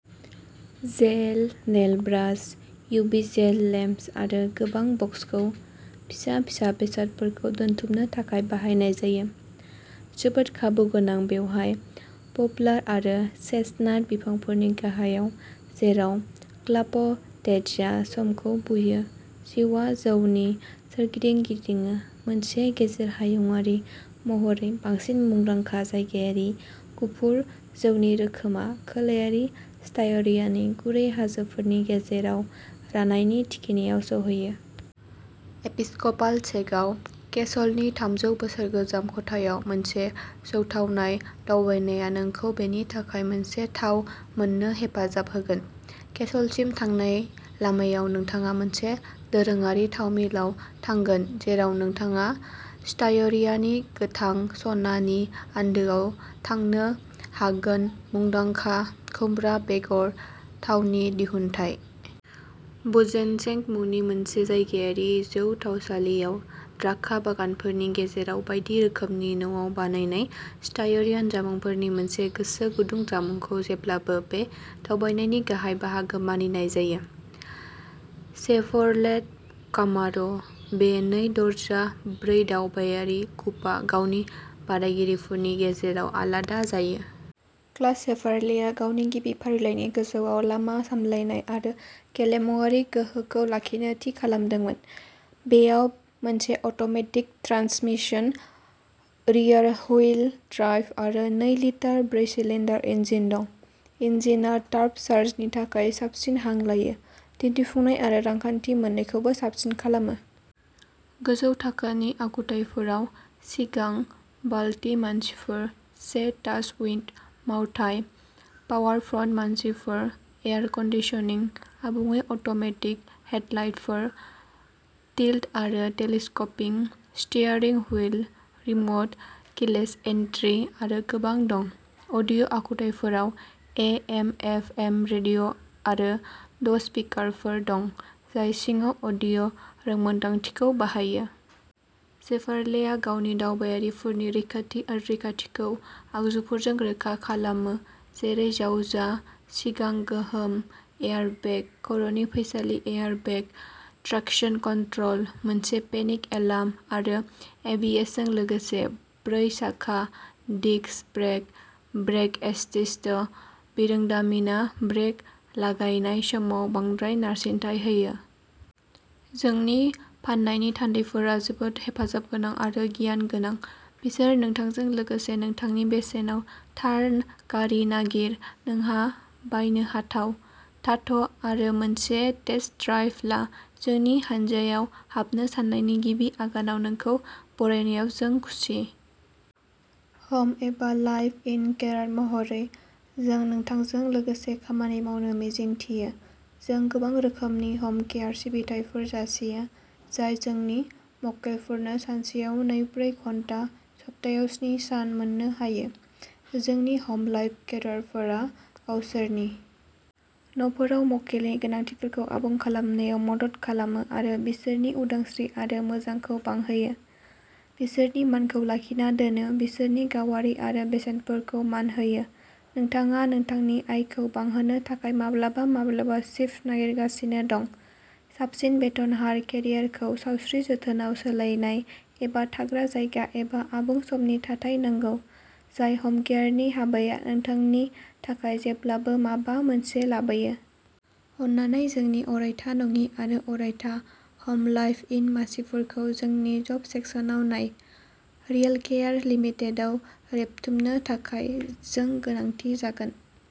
जेल, nail brush, UV gel lamps आरो गोबां बक्सखौ फिसा फिसा बेसादफोरखौ दोनथुमनो थाखाय बाहायनाय जायो, जोबोद खाबुगोनां बेवहाय, पप्लार आरो चेस्टनाट बिफांफोरनि गाहायाव, जेराव क्लाप'टेट्जआ समखौ बुयो, जिउआ जौनि सोरगिदिं गिदिङो। मोनसे गेजेर हायुङारि महरै बांसिन मुंदांखा जायगायारि गुफुर जौनि रोखोमआ खोलायारि स्टायरियानि गुरै हाजोफोरनि गेजेराव रानायनि थिखिनियाव सौहैयो। एपिस्क'पाल सेगाउ केसलनि थामजौ बोसोर गोजाम खथायाव मोनसे जौथावनाय दावबायनाया नोंखौ बेनि थाखाय मोनसे थाव मोननो हेफाजाब होगोन। केसलसिम थांनाय लामायाव नोंथाङा मोनसे दोरोङारि थावमिलआव थांगोन जेराव नोंथाङा स्टायरियानि गोथां सना नि आन्दोआव थांनो हागोनमुंदांखा खुमब्रा बेगर थावनि दिहुनथाय। बुजेनजेन्क मुंनि मोनसे जायगायारि जौ थावसालिआव द्राखा बागानफोरनि गेजेराव बायदि रोखोमनि न'आव बानायनाय स्टायरियान जामुंफोरनि मोनसे गोसो गुदुं जामुंखौ जेब्लाबो बे दावबायनायनि गाहाय बाहागो मानिनाय जायो। शेभरलेट कामार'। बे नै दरजा, ब्रै दावबायारि कुपआ गावनि बादायगिरिफोरनि गेजेराव आलादा जायो। क्लास शेभरलेया गावनि गिबि फारिलाइनि गोजौआव लामा सामलायनाय आरो गेलेमुआरि गोहोखौ लाखिनो थि खालामदोंमोन। बेयाव मोनसे अट'मेटिक ट्रान्समिसन, रियरहुइल ड्राइभ आरो नै लिटार ब्रै सिलिन्डार इन्जिन दं। इन्जिनआ टार्ब' चार्जारनि थाखाय साबसिन हां लायो, दिन्थिफुंनाय आरो रांखान्थि मोननैखौबो साबसिन खालामो। गोजौ थाखोनि आखुथायफोराव सिगां बालति मासिफोर, से टाच उइन्ड' मावथाय, पावार फ्रन्ट मासिफोर, एयार कन्दिसनिं, आबुङै अट'मेटिक हेडलाइटफोर, टिल्ट आरो telescoping steering wheel, remote keyless entry आरो गोबां दं। अडिय' आखुथायफोराव ए एम एफ एम रेडिय'आरो द’ स्पिकारफोर दं, जाय सिङाव अडिय' रोंमोन्दांथिखौ बाहायो। शेभरलेआ गावनि दावबायारिफोरनि रैखाथि आरो रैखाथिखौ आगजुफोरजों रोखा खालामो जेरै जावजा सिगां गोहोम एयारबेग, खर'नि फैसालि एयारबेग, ट्रेक्शन कन्ट्रल, मोनसे पेनिक एलार्म आरो एबिएसजों लोगोसे ब्रै साखा डिस्क ब्रेक। ब्रेक एसिस्ट बिरोंदामिनआ ब्रेक लागायनाय समाव बांद्राय नारसिनथाय होयो। जोंनि फाननायनि थान्दैफोरा जोबोद हेफाजाबगोनां आरो गियान गोनां। बिसोर नोंथांजों लोगोसे नोंथांनि बेसेनाव थार गारि नागिर नोंहा बायनो हाथाव। थाथ' आरो मोनसे टेस्ट ड्राइभ ला जोंनि हानजायाव हाबनो साननायनि गिबि आगानाव नोंखौ बरायनायाव जों खुसि। हम एबा लाइभ इन केरार महरै, जों नोंथांजों लोगोसे खामानि मावनो मिजिंथियो जों गोबां रोखोमनि हमकेयार सिबिथाइफोर जासियो, जाय जोंनि मक्केलफोरनो सानसेयाव नैब्रै घन्टा, सप्तायाव स्नि सान मोननो हायो। जोंनि हमलाइभ केरारफोरा गावसोरनि न'फोराव मक्केलनि गोनांथिफोरखौ आबुं खालामनायाव मदद खालामो आरो बिसोरनि उदांस्रि आरो मोजांखौ बांहोयो, बिसोरनि मानखौ लाखिना दोनो, बिसोरनि गावारि आरो बेसेनफोरखौ मान होयो, नोंथाङा नोंथांनि आयखौ बांहोनो थाखाय माब्लाबा माब्लाबा सिफ्ट नागिरगासिनो दं, साबसिन बेथन हार, केरियारखौ सावस्रि जोथोनआव सोलायनाय एबा थाग्रा जायगा एबा आबुं समनि थाथाय नांगौ, जाय हमकेयारनि हाबाया नोंथांनि थाखाय जेब्लाबो माबा मोनसे लाबोयो। अननानै जोंनि अरायथा नङि आरो अरायथा हमलाइभ इन मासिफोरखौ जोंनि जब सेक्सनाव नाय। रियालकेयार लिमिटेडआव रेबथुमनो थाखाय जों गोनांथि जागोन।